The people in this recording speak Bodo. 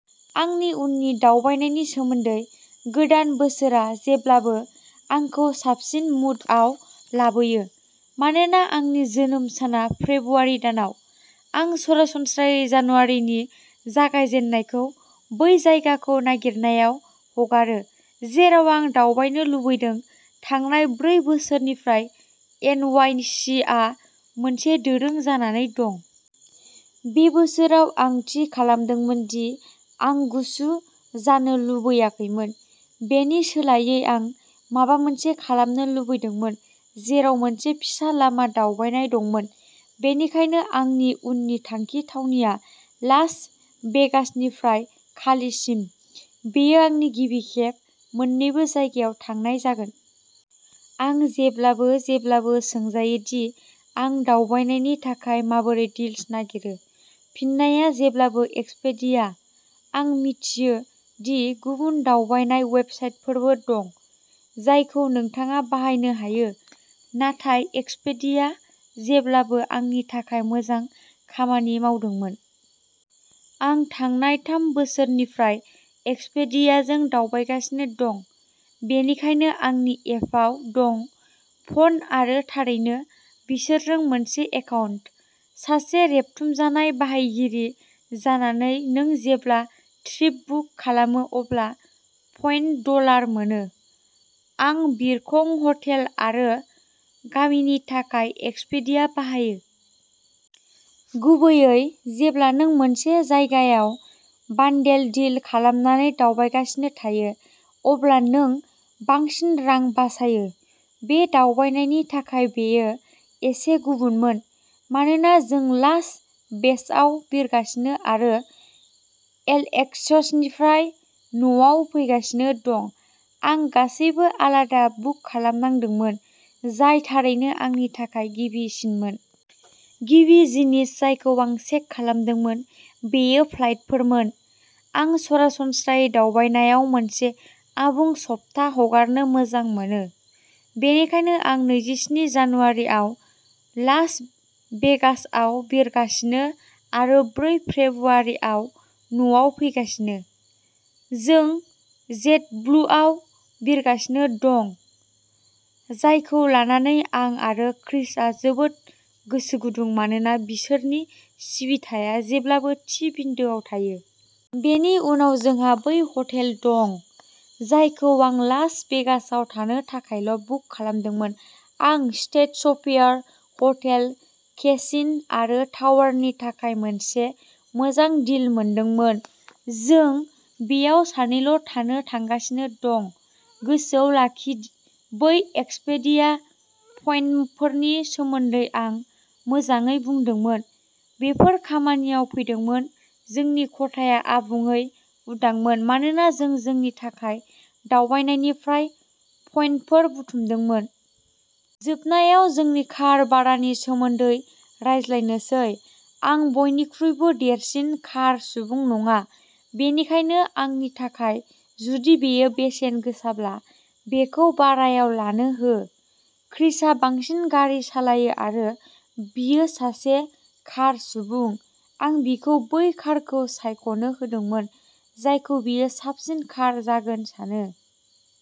आंनि उननि दावबायनायनि सोमोन्दै। गोदान बोसोरआ जेब्लाबो आंखौ साबसिन मुडआव लाबोयो मानोना आंनि जोनोम साना फेब्रुआरि दानाव। आं सरासनस्रायै जानुवारिनि जागायजेन्नायखौ बै जायगाखौ नागिरनायाव हगारो जेराव आं दावबायनो लुबैदों। थांनाय ब्रै बोसोरनिफ्राय एन वाइ सि आ मोनसे दोरों जानानै दं। बे बोसोराव आं थि खालामदोंमोन दि आं गुसु जानो लुबैयाखैमोन। बेनि सोलायै आं माबा मोनसे खालामनो लुबैदोंमोन जेराव मोनसे फिसा लामा दावबायनाय दंमोन। बेनिखायनो आंनि उननि थांखि थावनिया लास भेगासनिफ्राय कालीसिम, बेयो आंनि गिबि खेब मोन्नैबो जायगायाव थांनाय जागोन। आं जेब्लाबो जेब्लाबो सोंजायो दि आं दावबायनायनि थाखाय माबोरै डील्स नागिरो। फिननाया जेब्लाबो, एक्सपेडिया आं मिथियो दि गुबुन दावबायनाय वेबसाइटफोरबो दं जायखौ नोंथाङा बाहायनो हायो, नाथाय एक्सपेडियाया जेब्लाबो आंनि थाखाय मोजां खामानि मावदोंमोन। आं थांनाय थाम बोसोरनिफ्राय एक्सपेडियाजों दावबायगासिनो दं। बेनिखायनो आंनि एपआव दं। फ'न आरो थारैनो बिसोरजों मोनसे एकाउन्ट। सासे रेबथुमजानाय बाहायगिरि जानानै नों जेब्ला ट्रिप बुक खालामो अब्ला पइन्ट डलार मोनो। आं बिरखं, हटेल आरो गारिनि थाखाय एक्सपेडिया बाहायो। गुबैयै, जेब्ला नों मोनसे जायगायाव बान्डेल डिल खालामनानै दावबायगासिनो थायो, अब्ला नों बांसिन रां बासायो। बे दावबायनायनि थाखाय बेयो एसे गुबुनमोन मानोना जों लास भेगासआव बिरगासिनो आरो एलएएक्सनिफ्राय न'आव फैगासिनो दं। आं गासैबो आलादा बुक खालामनांदोंमोन, जाय थारैनो आंनि थाखाय गिबिसिनमोन। गिबि जिनिस जायखौ आं चेक खालामदोंमोन बेयो फ्लाइटफोरमोन। आं सरासनस्रायै दावबायनायाव मोनसे आबुं सप्ता हगारनो मोजां मोनो। बेनिखायनो आं नैजिस्नि जानुवारिआव लास भेगासआव बिरगासिनो आरो ब्रै फेब्रुआरिआव न'आव फैगासिनो। जों जेटब्लुआव बिरगासिनो दं, जायखौ लानानै आं आरो क्रिसआ जोबोद गोसो गुदुं मानोना बिसोरनि सिबिथाया जेब्लाबो थि बिन्दोआव थायो। बेनि उनाव, जोंहा बै हटेल दं जायखौ आं लास भेगासआव थानो थाखायल'बुक खालामदोंमोन। आं स्ट्रेट'स्फेयर हटेल, केसिन' आरो टावारनि थाखाय मोनसे मोजां डील मोनदोंमोन, जों बेयाव साननैल' थानो थांगासिनो दं। गोसोआव लाखि बै एक्सपेडिया पइन्टफोरनि सोमोन्दै आं मोजाङै बुंदोंमोन, बेफोर खामानियाव फैदोंमोन जोंनि खथाया आबुङै उदांमोन, मानोना जों जोंनि थांनाय दावबायनायनिफ्राय पइन्टफोर बुथुमदोंमोन। जोबनायाव, जोंनि कार भारानि सोमोन्दै रायज्लायनोसै। आं बयनिख्रुइबो देरसिन कार सुबुं नङा, बेनिखायनो आंनि थाखाय जुदि बेयो बेसेन गोसाब्ला बेखौ भारायाव लानो हो। क्रिसआ बांसिन गारि सालायो आरो बियो सासे कार सुबुं। आं बिखौ बै कारखौ सायख'नो होदोंमोन जायखौ बियो साबसिन कार जागोन सानो।